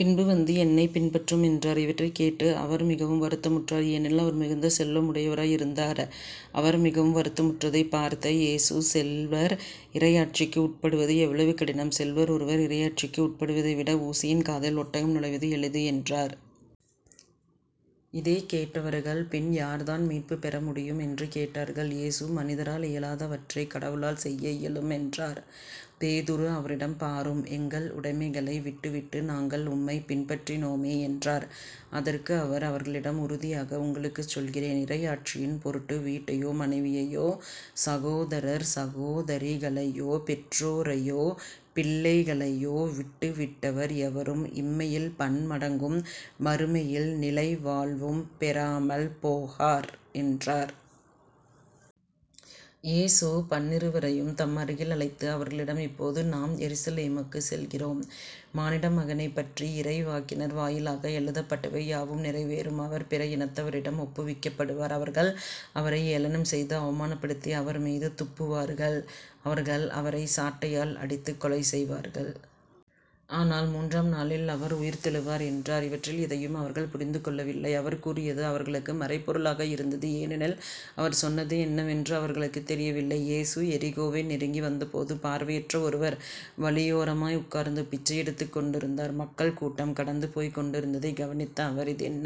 பின்பு வந்து என்னைப் பின்பற்றும் என்றார். இவற்றைக் கேட்டு அவர் மிகவும் வருத்தமுற்றார். ஏனெனில் அவர் மிகுந்த செல்வம் உடையராய் இருந்தார். அவர் மிகவும் வருத்தமுற்றதைப் பார்த்த இயேசு செல்வர் இறையாட்சிக்கு உட்படுவது எவ்வளவு கடினம். செல்வர் ஒருவர் இறையாட்சிக்கு உட்படுவதைவிட ஊசியின் காதில் ஒட்டகம் நுழைவது எளிது என்றார். இதைக் கேட்டவர்கள் பின் யார்தான் மீட்புப் பெற முடியும்? என்று கேட்டார்கள். இயேசு மனிதரால் இயலாதவற்றைக் கடவுளால் செய்ய இயலும் என்றார். பேதுரு அவரிடம் பாரும் எங்கள் உடைமைகளை விட்டுவிட்டு நாங்கள் உம்மைப் பின்பற்றினோமே என்றார். அதற்கு அவர் அவர்களிடம் உறுதியாக உங்களுக்குச் சொல்கிறேன் இறையாட்சியின் பொருட்டு வீட்டையோ மனைவியையோ சகோதரர் சகோதரிகளையோ பெற்றோரையோ பிள்ளைகளையோ விட்டுவிட்டவர் எவரும் இம்மையில் பன்மடங்கும் மறுமையில் நிலைவாழ்வும் பெறாமல் போகார் என்றார். இயேசு பன்னிருவரையும் தம் அருகில் அழைத்து அவர்களிடம் இப்போது நாம் எருசலேமுக்குச் செல்கிறோம் மானிடமகனைப் பற்றி இறைவாக்கினர் வாயிலாக எழுதப்பட்டவை யாவும் நிறைவேறும். அவர் பிற இனத்தவரிடம் ஒப்புவிக்கப்படுவார். அவர்கள் அவரை ஏளனம் செய்து அவமானப்படுத்தி அவர்மீது துப்புவார்கள். அவர்கள் அவரைச் சாட்டையால் அடித்துக்கொலை செய்வார்கள். ஆனால் மூன்றாம் நாளில் அவர் உயிர்த்தெழுவார் என்றார். இவற்றில் எதையும் அவர்கள் புரிந்து கொள்ளவில்லை. அவர் கூறியது அவர்களுக்கு மறைபொருளாக இருந்தது. ஏனெனில் அவர் சொன்னது என்னவென்று அவர்களுக்குத் தெரியவில்லை. இயேசு எரிகோவை நெருங்கி வந்தபோது பார்வையற்ற ஒருவர் வழியோரமாய் உட்கார்ந்து பிச்சையெடுத்துக் கொண்டிருந்தார். மக்கள் கூட்டம் கடந்து போய்க்கொண்டிருந்ததைக் கவனித்த அவர் இது என்ன?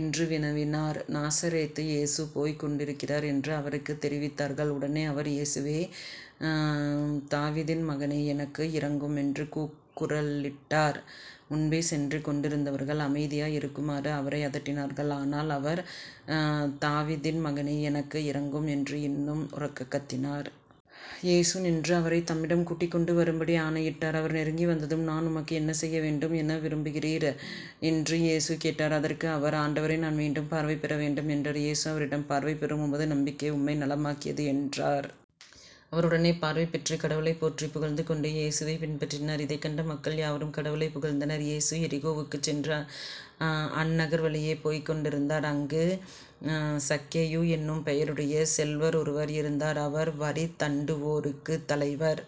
என்று வினவினார். நாசரேத்து இயேசு போய்க் கொண்டிருக்கிறார் என்று அவருக்குத் தெரிவித்தார்கள். உடனே அவர் இயேசுவே தாவீதின் மகனே எனக்கு இரங்கும் என்று கூக்குரலிட்டார். முன்னே சென்று கொண்டிருந்தவர்கள் அமைதியாய் இருக்குமாறு அவரை அதட்டினார்கள். ஆனால் அவர் தாவீதின் மகனே எனக்கு இரங்கும் என்று இன்னும் உரக்கக் கத்தினார். இயேசு நின்று அவரைத் தம்மிடம் கூட்டிக் கொண்டு வரும்படி ஆணையிட்டார். அவர் நெருங்கி வந்ததும் நான் உமக்கு என்ன செய்ய வேண்டும் என விரும்புகிறீர் என்று இயேசு கேட்டார். அதற்கு அவர் ஆண்டவரே நான் மீண்டும் பார்வை பெற வேண்டும் என்றார். இயேசு அவரிடம் பார்வை பெறும் உமது நம்பிக்கை உம்மை நலமாக்கியது என்றார். அவர் உடனே பார்வை பெற்று கடவுளைப் போற்றிப் புகழ்ந்து கொண்டே இயேசுவைப் பின்பற்றினார். இதைக் கண்ட மக்கள் யாவரும் கடவுளைப் புகழ்ந்தனர். இயேசு எரிகோவுக்குச் சென்று அந்நகர் வழியே போய்க் கொண்டிருந்தார். அங்கு சக்கேயு என்னும் பெயருடைய செல்வர் ஒருவர் இருந்தார். அவர் வரிதண்டுவோருக்குத் தலைவர்.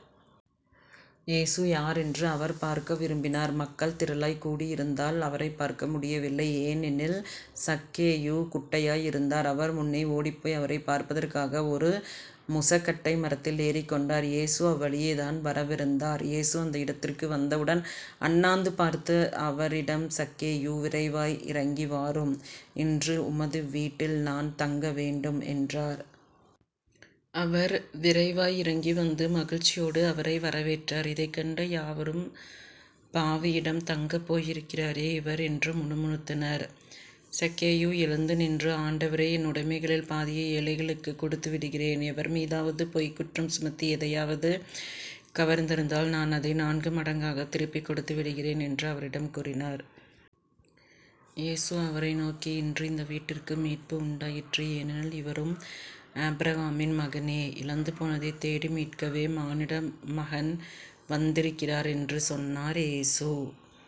இயேசு யார் என்று அவர் பார்க்க விரும்பினார் மக்கள் திரளாய்க் கூடியிருந்தால் அவரைப் பார்க்க முடியவில்லை. ஏனெனில் சக்கேயு குட்டையாய் இருந்தார். அவர் முன்னே ஓடிப்போய் அவரைப் பார்ப்பதற்காக ஒரு முசக்கட்டை மரத்தில் ஏறிக் கொண்டார். இயேசு அவ்வழியேதான் வரவிருந்தார். இயேசு அந்த இடத்திற்கு வந்தவுடன் அண்ணாந்து பார்த்து அவரிடம் சக்கேயு விரைவாய் இறங்கிவாரும் இன்று உமது வீட்டில் நான் தங்க வேண்டும் என்றார். அவர் விரைவாய் இறங்கி வந்து மகிழ்ச்சியோடு அவரை வரவேற்றார். இதைக் கண்ட யாவரும் பாவியிடம் தங்கப்போயிருக்கிறாரே இவர் என்று முணுமுணுத்தனர். சக்கேயு எழுந்து நின்று ஆண்டவரே என் உடைமைகளில் பாதியை ஏழைகளுக்குக் கொடுத்துவிடுகிறேன் எவர் மீதாவது பொய்க் குற்றம் சுமத்தி எதையாவது கவர்ந்திருந்தால் நான் அதை நான்கு மடங்காகத் திருப்பிக் கொடுத்து விடுகிறேன் என்று அவரிடம் கூறினார். இயேசு அவரை நோக்கி இன்று இந்த வீட்டிற்கு மீட்பு உண்டாயிற்று ஏனெனில் இவரும் ஆபிரகாமின் மகனே. இழந்து போனதைத் தேடி மீட்கவே மானிடமகன் வந்திருக்கிறார் என்று சொன்னார். இயேசு